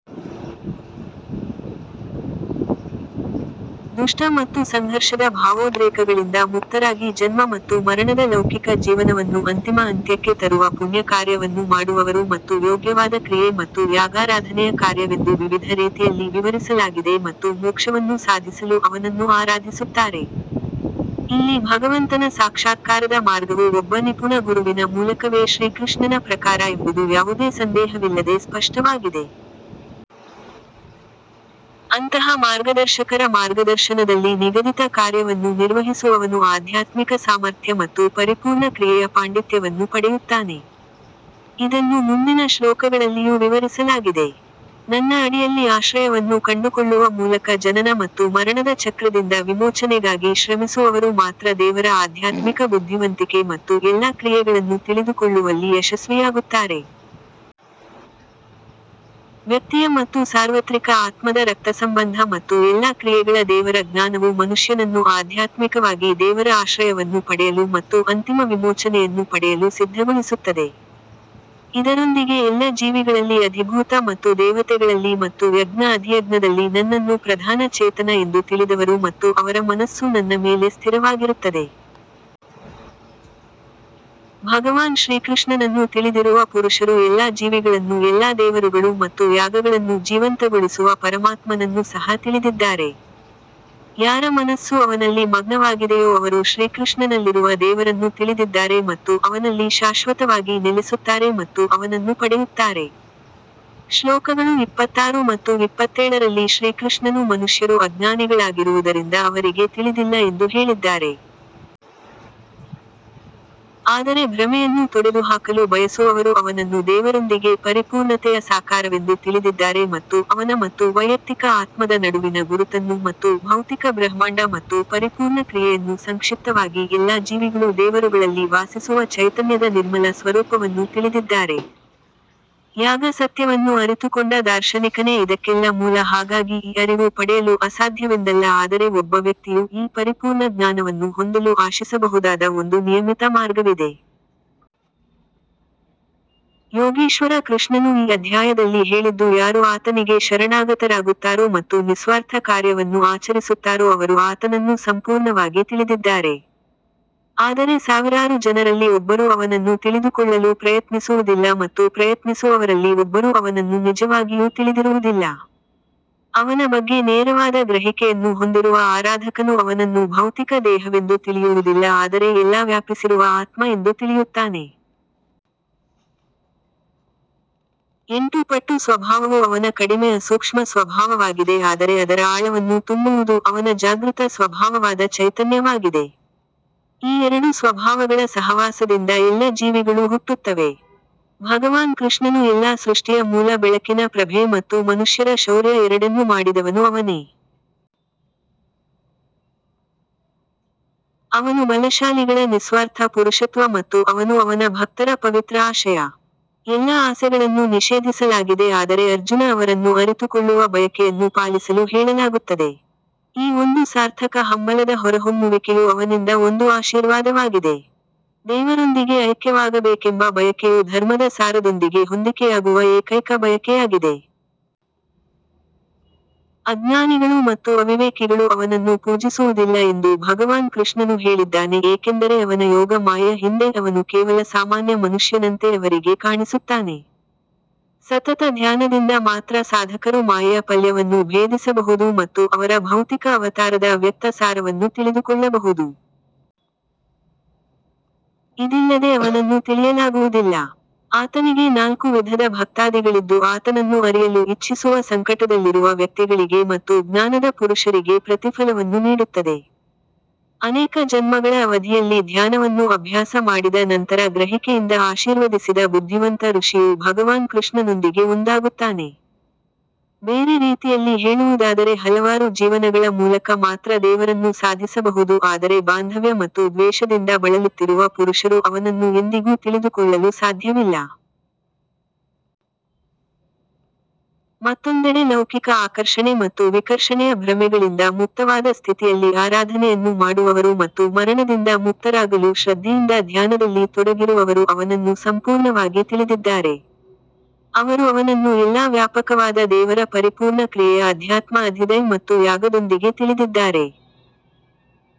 ದುಷ್ಟ ಮತ್ತು ಸಂಘರ್ಷದ ಭಾವೋದ್ರೇಕಗಳಿಂದ ಮುಕ್ತರಾಗಿ ಜನ್ಮ ಮತ್ತು ಮರಣದ ಲೌಕಿಕ ಜೀವನವನ್ನು ಅಂತಿಮ ಅಂತ್ಯಕ್ಕೆ ತರುವ ಪುಣ್ಯ ಕಾರ್ಯವನ್ನು ಮಾಡುವವರು ಮತ್ತು ಯೋಗ್ಯವಾದ ಕ್ರಿಯೆ ಮತ್ತು ಯಾಗಾರಾಧನೆಯ ಕಾರ್ಯವೆಂದು ವಿವಿಧ ರೀತಿಯಲ್ಲಿ ವಿವರಿಸಲಾಗಿದೆ ಮತ್ತು ಮೋಕ್ಷವನ್ನು ಸಾಧಿಸಲು ಅವನನ್ನು ಆರಾಧಿಸುತ್ತಾರೆ. ಇಲ್ಲಿ ಭಗವಂತನ ಸಾಕ್ಷಾತ್ಕಾರದ ಮಾರ್ಗವು ಒಬ್ಬ ನಿಪುಣ ಗುರುವಿನ ಮೂಲಕವೇ ಶ್ರೀಕೃಷ್ಣನ ಪ್ರಕಾರ ಎಂಬುದು ಯಾವುದೇ ಸಂದೇಹವಿಲ್ಲದೆ ಸ್ಪಷ್ಟವಾಗಿದೆ. ಅಂತಹ ಮಾರ್ಗದರ್ಶಕರ ಮಾರ್ಗದರ್ಶನದಲ್ಲಿ ನಿಗದಿತ ಕಾರ್ಯವನ್ನು ನಿರ್ವಹಿಸುವವನು ಆಧ್ಯಾತ್ಮಿಕ ಸಾಮರ್ಥ್ಯ ಮತ್ತು ಪರಿಪೂರ್ಣ ಕ್ರಿಯೆಯ ಪಾಂಡಿತ್ಯವನ್ನು ಪಡೆಯುತ್ತಾನೆ. ಇದನ್ನು ಮುಂದಿನ ಶ್ಲೋಕಗಳಲ್ಲಿಯೂ ವಿವರಿಸಲಾಗಿದೆ. ನನ್ನ ಅಡಿಯಲ್ಲಿ ಆಶ್ರಯವನ್ನು ಕಂಡುಕೊಳ್ಳುವ ಮೂಲಕ ಜನನ ಮತ್ತು ಮರಣದ ಚಕ್ರದಿಂದ ವಿಮೋಚನೆಗಾಗಿ ಶ್ರಮಿಸುವವರು ಮಾತ್ರ ದೇವರ ಆಧ್ಯಾತ್ಮಿಕ ಬುದ್ಧಿವಂತಿಕೆ ಮತ್ತು ಎಲ್ಲಾ ಕ್ರಿಯೆಗಳನ್ನು ತಿಳಿದುಕೊಳ್ಳುವಲ್ಲಿ ಯಶಸ್ವಿಯಾಗುತ್ತಾರೆ. ವ್ಯಕ್ತಿಯ ಮತ್ತು ಸಾರ್ವತ್ರಿಕ ಆತ್ಮದ ರಕ್ತಸಂಬಂಧ ಮತ್ತು ಎಲ್ಲಾ ಕ್ರಿಯೆಗಳ ದೇವರ ಜ್ಞಾನವು ಮನುಷ್ಯನನ್ನು ಆಧ್ಯಾತ್ಮಿಕವಾಗಿ ದೇವರ ಆಶ್ರಯವನ್ನು ಪಡೆಯಲು ಮತ್ತು ಅಂತಿಮ ವಿಮೋಚನೆಯನ್ನು ಪಡೆಯಲು ಸಿದ್ಧಗೊಳಿಸುತ್ತದೆ. ಇದರೊಂದಿಗೆ ಎಲ್ಲ ಜೀವಿಗಳಲ್ಲಿ ಅಧಿಭೂತ ಮತ್ತು ದೇವತೆಗಳಲ್ಲಿ ಮತ್ತು ಯಜ್ಞ ಅಧಿಯಜ್ಞದಲ್ಲಿ ನನ್ನನ್ನು ಪ್ರಧಾನ ಚೇತನ ಎಂದು ತಿಳಿದವರು ಮತ್ತು ಅವರ ಮನಸ್ಸು ನನ್ನ ಮೇಲೆ ಸ್ಥಿರವಾಗಿರುತ್ತದೆ. ಭಗವಾನ್ ಶ್ರೀಕೃಷ್ಣನನ್ನು ತಿಳಿದಿರುವ ಪುರುಷರು ಎಲ್ಲಾ ಜೀವಿಗಳನ್ನು ಎಲ್ಲಾ ದೇವರುಗಳು ಮತ್ತು ಯಾಗಗಳನ್ನು ಜೀವಂತಗೊಳಿಸುವ ಪರಮಾತ್ಮನನ್ನು ಸಹ ತಿಳಿದಿದ್ದಾರೆ. ಯಾರ ಮನಸ್ಸು ಅವನಲ್ಲಿ ಮಗ್ನವಾಗಿದೆಯೋ ಅವರು ಶ್ರೀಕೃಷ್ಣನಲ್ಲಿರುವ ದೇವರನ್ನು ತಿಳಿದಿದ್ದಾರೆ ಮತ್ತು ಅವನಲ್ಲಿ ಶಾಶ್ವತವಾಗಿ ನೆಲೆಸುತ್ತಾರೆ ಮತ್ತು ಅವನನ್ನು ಪಡೆಯುತ್ತಾರೆ. ಶ್ಲೋಕಗಳು ಇಪ್ಪತ್ತಾರು ಮತ್ತು ಇಪ್ಪತ್ತೇಳರಲ್ಲಿ ಶ್ರೀಕೃಷ್ಣನು ಮನುಷ್ಯರು ಅಜ್ಞಾನಿಗಳಾಗಿರುವುದರಿಂದ ಅವರಿಗೆ ತಿಳಿದಿಲ್ಲ ಎಂದು ಹೇಳಿದ್ದಾರೆ. ಆದರೆ ಭ್ರಮೆಯನ್ನು ತೊಡೆದುಹಾಕಲು ಬಯಸುವವರು ಅವನನ್ನು ದೇವರೊಂದಿಗೆ ಪರಿಪೂರ್ಣತೆಯ ಸಾಕಾರವೆಂದು ತಿಳಿದಿದ್ದಾರೆ ಮತ್ತು ಅವನ ಮತ್ತು ವೈಯಕ್ತಿಕ ಆತ್ಮದ ನಡುವಿನ ಗುರುತನ್ನು ಮತ್ತು ಭೌತಿಕ ಬ್ರಹ್ಮಾಂಡ ಮತ್ತು ಪರಿಪೂರ್ಣ ಕ್ರಿಯೆಯನ್ನು ಸಂಕ್ಷಿಪ್ತವಾಗಿ ಎಲ್ಲಾ ಜೀವಿಗಳು ದೇವರುಗಳಲ್ಲಿ ವಾಸಿಸುವ ಚೈತನ್ಯದ ನಿರ್ಮಲ ಸ್ವರೂಪವನ್ನು ತಿಳಿದಿದ್ದಾರೆ. ಯಾಗ ಸತ್ಯವನ್ನು ಅರಿತುಕೊಂಡ ದಾರ್ಶನಿಕನೇ ಇದಕ್ಕೆಲ್ಲ ಮೂಲ ಹಾಗಾಗಿ ಈ ಅರಿವು ಪಡೆಯಲು ಅಸಾಧ್ಯವೆಂದಲ್ಲ ಆದರೆ ಒಬ್ಬ ವ್ಯಕ್ತಿಯು ಈ ಪರಿಪೂರ್ಣ ಜ್ಞಾನವನ್ನು ಹೊಂದಲು ಆಶಿಸಬಹುದಾದ ಒಂದು ನಿಯಮಿತ ಮಾರ್ಗವಿದೆ. ಯೋಗೇಶ್ವರ ಕೃಷ್ಣನು ಈ ಅಧ್ಯಾಯದಲ್ಲಿ ಹೇಳಿದ್ದು ಯಾರು ಆತನಿಗೆ ಶರಣಾಗತರಾಗುತ್ತಾರೋ ಮತ್ತು ನಿಸ್ವಾರ್ಥ ಕಾರ್ಯವನ್ನು ಆಚರಿಸುತ್ತಾರೋ ಅವರು ಆತನನ್ನು ಸಂಪೂರ್ಣವಾಗಿ ತಿಳಿದಿದ್ದಾರೆ. ಆದರೆ ಸಾವಿರಾರು ಜನರಲ್ಲಿ ಒಬ್ಬರು ಅವನನ್ನು ತಿಳಿದುಕೊಳ್ಳಲು ಪ್ರಯತ್ನಿಸುವುದಿಲ್ಲ ಮತ್ತು ಪ್ರಯತ್ನಿಸುವವರಲ್ಲಿ ಒಬ್ಬರು ಅವನನ್ನು ನಿಜವಾಗಿಯೂ ತಿಳಿದಿರುವುದಿಲ್ಲ. ಅವನ ಬಗ್ಗೆ ನೇರವಾದ ಗ್ರಹಿಕೆಯನ್ನು ಹೊಂದಿರುವ ಆರಾಧಕನು ಅವನನ್ನು ಭೌತಿಕ ದೇಹವೆಂದು ತಿಳಿಯುವುದಿಲ್ಲ ಆದರೆ ಎಲ್ಲಾ ವ್ಯಾಪಿಸಿರುವ ಆತ್ಮ ಎಂದು ತಿಳಿಯುತ್ತಾನೆ. ಎಂಟು ಪಟ್ಟು ಸ್ವಭಾವವು ಅವನ ಕಡಿಮೆ ಅಸೂಕ್ಷ್ಮ ಸ್ವಭಾವವಾಗಿದೆ ಆದರೆ ಅದರ ಆಳವನ್ನು ತುಂಬುವುದು ಅವನ ಜಾಗೃತ ಸ್ವಭಾವವಾದ ಚೈತನ್ಯವಾಗಿದೆ. ಈ ಎರಡು ಸ್ವಭಾವಗಳ ಸಹವಾಸದಿಂದ ಎಲ್ಲ ಜೀವಿಗಳೂ ಹುಟ್ಟುತ್ತವೆ. ಭಗವಾನ್ ಕೃಷ್ಣನು ಎಲ್ಲಾ ಸೃಷ್ಟಿಯ ಮೂಲ ಬೆಳಕಿನ ಪ್ರಭೆ ಮತ್ತು ಮನುಷ್ಯರ ಶೌರ್ಯ ಎರಡನ್ನೂ ಮಾಡಿದವನು ಅವನೇ. ಅವನು ಬಲಶಾಲಿಗಳ ನಿಸ್ವಾರ್ಥ ಪುರುಷತ್ವ ಮತ್ತು ಅವನೂ ಅವನ ಭಕ್ತರ ಪವಿತ್ರ ಆಶಯ. ಎಲ್ಲಾ ಆಸೆಗಳನ್ನು ನಿಷೇಧಿಸಲಾಗಿದೆ ಆದರೆ ಅರ್ಜುನ ಅವರನ್ನು ಅರಿತುಕೊಳ್ಳುವ ಬಯಕೆಯನ್ನು ಪಾಲಿಸಲು ಹೇಳಲಾಗುತ್ತದೆ. ಈ ಒಂದು ಸಾರ್ಥಕ ಹಂಬಲದ ಹೊರಹೊಮ್ಮುವಿಕೆಯೂ ಅವನಿಂದ ಒಂದು ಆಶೀರ್ವಾದವಾಗಿದೆ. ದೇವರೊಂದಿಗೆ ಐಕ್ಯವಾಗಬೇಕೆಂಬ ಬಯಕೆಯು ಧರ್ಮದ ಸಾರದೊಂದಿಗೆ ಹೊಂದಿಕೆಯಾಗುವ ಏಕೈಕ ಬಯಕೆಯಾಗಿದೆ. ಅಜ್ಞಾನಿಗಳು ಮತ್ತು ಅವಿವೇಕಿಗಳು ಅವನನ್ನು ಪೂಜಿಸುವುದಿಲ್ಲ ಎಂದು ಭಗವಾನ್ ಕೃಷ್ಣನು ಹೇಳಿದ್ದಾನೆ ಏಕೆಂದರೆ ಅವನ ಯೋಗ ಮಾಯೆಯ ಹಿಂದೆ ಅವನು ಕೇವಲ ಸಾಮಾನ್ಯ ಮನುಷ್ಯನಂತೆ ಅವರಿಗೆ ಕಾಣಿಸುತ್ತಾನೆ. ಸತತ ಧ್ಯಾನದಿಂದ ಮಾತ್ರ ಸಾಧಕರು ಮಾಯೆಯ ಪಲ್ಯವನ್ನು ಭೇದಿಸಬಹುದು ಮತ್ತು ಅವರ ಭೌತಿಕ ಅವತಾರದ ಅವ್ಯಕ್ತ ಸಾರವನ್ನು ತಿಳಿದುಕೊಳ್ಳಬಹುದು. ಇದಿಲ್ಲದೆ ಅವನನ್ನು ತಿಳಿಯಲಾಗುವುದಿಲ್ಲ. ಆತನಿಗೆ ನಾಲ್ಕು ವಿಧದ ಭಕ್ತಾದಿಗಳಿದ್ದು ಆತನನ್ನು ಅರಿಯಲು ಇಚ್ಛಿಸುವ ಸಂಕಟದಲ್ಲಿರುವ ವ್ಯಕ್ತಿಗಳಿಗೆ ಮತ್ತು ಜ್ಞಾನದ ಪುರುಷರಿಗೆ ಪ್ರತಿಫಲವನ್ನು ನೀಡುತ್ತದೆ. ಅನೇಕ ಜನ್ಮಗಳ ಅವಧಿಯಲ್ಲಿ ಧ್ಯಾನವನ್ನು ಅಭ್ಯಾಸ ಮಾಡಿದ ನಂತರ ಗ್ರಹಿಕೆಯಿಂದ ಆಶೀರ್ವದಿಸಿದ ಬುದ್ಧಿವಂತ ಋಷಿಯು ಭಗವಾನ್ ಕೃಷ್ಣನೊಂದಿಗೆ ಒಂದಾಗುತ್ತಾನೆ. ಬೇರೆ ರೀತಿಯಲ್ಲಿ ಹೇಳುವುದಾದರೆ ಹಲವಾರು ಜೀವನಗಳ ಮೂಲಕ ಮಾತ್ರ ದೇವರನ್ನು ಸಾಧಿಸಬಹುದು ಆದರೆ ಬಾಂಧವ್ಯ ಮತ್ತು ದ್ವೇಷದಿಂದ ಬಳಲುತ್ತಿರುವ ಪುರುಷರು ಅವನನ್ನು ಎಂದಿಗೂ ತಿಳಿದುಕೊಳ್ಳಲು ಸಾಧ್ಯವಿಲ್ಲ. ಮತ್ತೊಂದೆಡೆ ಲೌಕಿಕ ಆಕರ್ಷಣೆ ಮತ್ತು ವಿಕರ್ಷಣೆಯ ಭ್ರಮೆಗಳಿಂದ ಮುಕ್ತವಾದ ಸ್ಥಿತಿಯಲ್ಲಿ ಆರಾಧನೆಯನ್ನು ಮಾಡುವವರು ಮತ್ತು ಮರಣದಿಂದ ಮುಕ್ತರಾಗಲು ಶ್ರದ್ಧೆಯಿಂದ ಧ್ಯಾನದಲ್ಲಿ ತೊಡಗಿರುವವರು ಅವನನ್ನು ಸಂಪೂರ್ಣವಾಗಿ ತಿಳಿದಿದ್ದಾರೆ. ಅವರು ಅವನನ್ನು ಎಲ್ಲಾ ವ್ಯಾಪಕವಾದ ದೇವರ ಪರಿಪೂರ್ಣ ಕ್ರಿಯೆಯ ಅಧ್ಯಾತ್ಮ ಅಧಿದೈವ್ ಮತ್ತು ಯಾಗದೊಂದಿಗೆ ತಿಳಿದಿದ್ದಾರೆ.